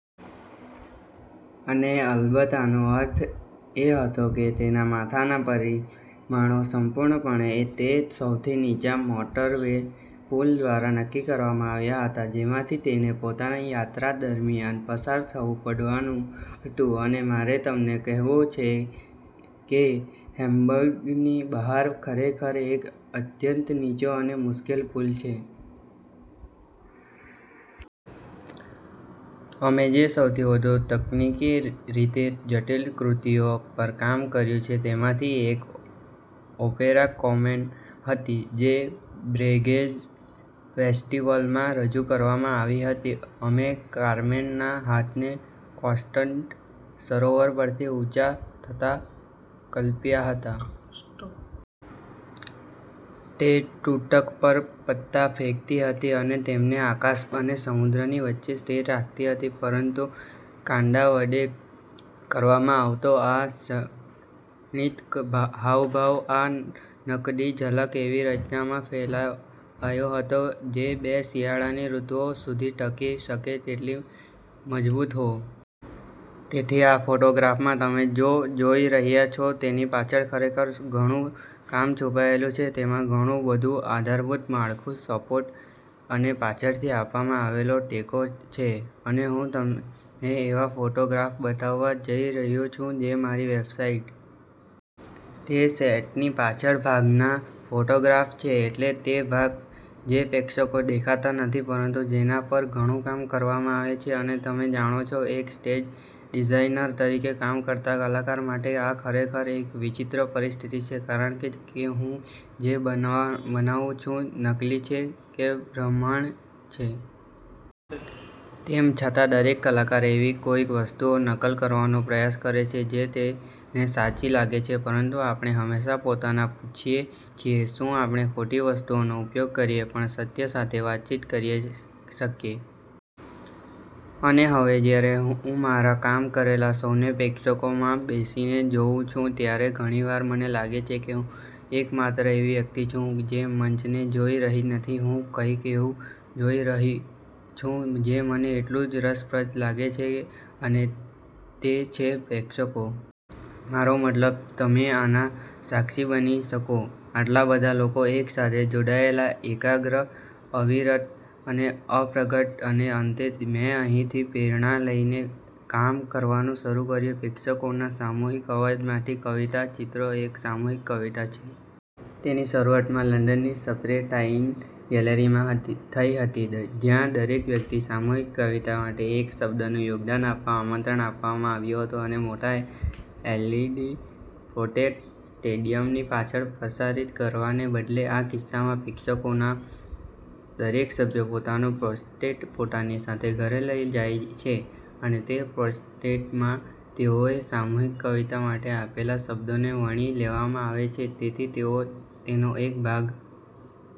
અને અલબત્ત, આનો અર્થ એ હતો કે તેના માથાના પરિમાણો સંપૂર્ણપણે તે સૌથી નીચા મોટરવે પુલ દ્વારા નક્કી કરવામાં આવ્યા હતા, જેમાંથી તેને પોતાની યાત્રા દરમિયાન પસાર થવું પડવાનું હતું. અને મારે તમને કહેવું છે કે હેમ્બર્ગની બહાર ખરેખર એક અત્યંત નીચો અને મુશ્કેલ પુલ છે. અમે જે સૌથી વધુ તકનીકી રીતે જટિલ કૃતિઓ પર કામ કર્યું છે, તેમાંની એક ઓપેરા “કાર્મેન” હતી, જે બ્રેગેન્ઝ ફેસ્ટિવલમાં રજૂ કરવામાં આવી હતી. અમે કાર્મેનના હાથને કોન્સ્ટન્સ સરોવર પરથી ઊંચા થતા કલ્પ્યા હતા. તે તૂતક પર પત્તા ફેંકતી હતી અને તેમને આકાશ અને સમુદ્રની વચ્ચે સ્થિર રાખતી હતી. પરંતુ કાંડા વડે કરવામાં આવતો આ ક્ષણિક હાવભાવ, આ નાનકડી ઝલક, એવી રચનામાં ફેરવાયો હતો જે બે શિયાળાની ઋતુઓ સુધી ટકી શકે તેટલી મજબૂત હોવી જરૂરી હતી. તેથી, આ ફોટોગ્રાફમાં તમે જે જોઈ રહ્યા છો તેની પાછળ ખરેખર ઘણું કામ છુપાયેલું છે. તેમાં ઘણું બધું આધારભૂત માળખું, સપોર્ટ અને પાછળથી આપવામાં આવેલો ટેકો છે. અને હું તમને એવા ફોટોગ્રાફ્સ બતાવવા જઈ રહી છું જે મારી વેબસાઇટ પર નથી. તે સેટની પાછળના ભાગના ફોટોગ્રાફ્સ છે, એટલે કે તે ભાગ જે પ્રેક્ષકોને દેખાતો નથી, પરંતુ જેના પર ઘણું કામ કરવામાં આવે છે. અને તમે જાણો છો, એક સ્ટેજ ડિઝાઇનર તરીકે કામ કરતા કલાકાર માટે આ ખરેખર એક વિચિત્ર પરિસ્થિતિ છે, કારણ કે હું જે બનાવું છું તે નકલી છે, એક ભ્રમણા છે. તેમ છતાં, દરેક કલાકાર એવી કોઈ વસ્તુની નકલ કરવાનો પ્રયાસ કરે છે જે તેને સાચી લાગે છે. પરંતુ આપણે હંમેશાં પોતાને પૂછીએ છીએ: “શું આપણે ખોટી વસ્તુઓનો ઉપયોગ કરીને પણ સત્ય સાથે વાતચીત કરી શકીએ?” અને હવે જ્યારે હું મારા કામ કરેલા શોને પ્રેક્ષકોમાં બેસીને જોઉં છું, ત્યારે ઘણી વાર મને લાગે છે કે હું એકમાત્ર એવી વ્યક્તિ છું જે મંચને જોઈ રહી નથી. હું કંઈક એવું જોઈ રહી છું જે મને એટલું જ રસપ્રદ લાગે છે, અને તે છે પ્રેક્ષકો. મારો મતલબ, તમે આના સાક્ષી ક્યાં બની શકો? આટલા બધા લોકો એકસાથે જોડાયેલા, એકાગ્ર, અવિરત અને અપ્રગટ. અને અંતે, મેં અહીંથી પ્રેરણા લઈને કામ કરવાનું શરૂ કર્યું છે, પ્રેક્ષકોના સામૂહિક અવાજમાંથી. “કવિતાનાં ચિત્રો” એક સામૂહિક કવિતા છે. તેની શરૂઆત લંડનની સર્પેન્ટાઇન ગેલેરીમાં થઈ હતી, જ્યાં દરેક વ્યક્તિને સામૂહિક કવિતા માટે એક શબ્દનું યોગદાન આપવા આમંત્રણ આપવામાં આવ્યું હતું. અને મોટા એલઇડી પોટ્રેટને સ્ટેડિયમની પાછળ પ્રસારિત કરવાને બદલે, આ કિસ્સામાં, પ્રેક્ષકોનો દરેક સભ્ય પોતાનું પોટ્રેટ પોતાની સાથે ઘરે લઈ જાય છે, અને તે પોટ્રેટમાં તેઓએ સામૂહિક કવિતા માટે આપેલા શબ્દોને વણી લેવામાં આવે છે. તેથી તેઓ તેનો એક ભાગ...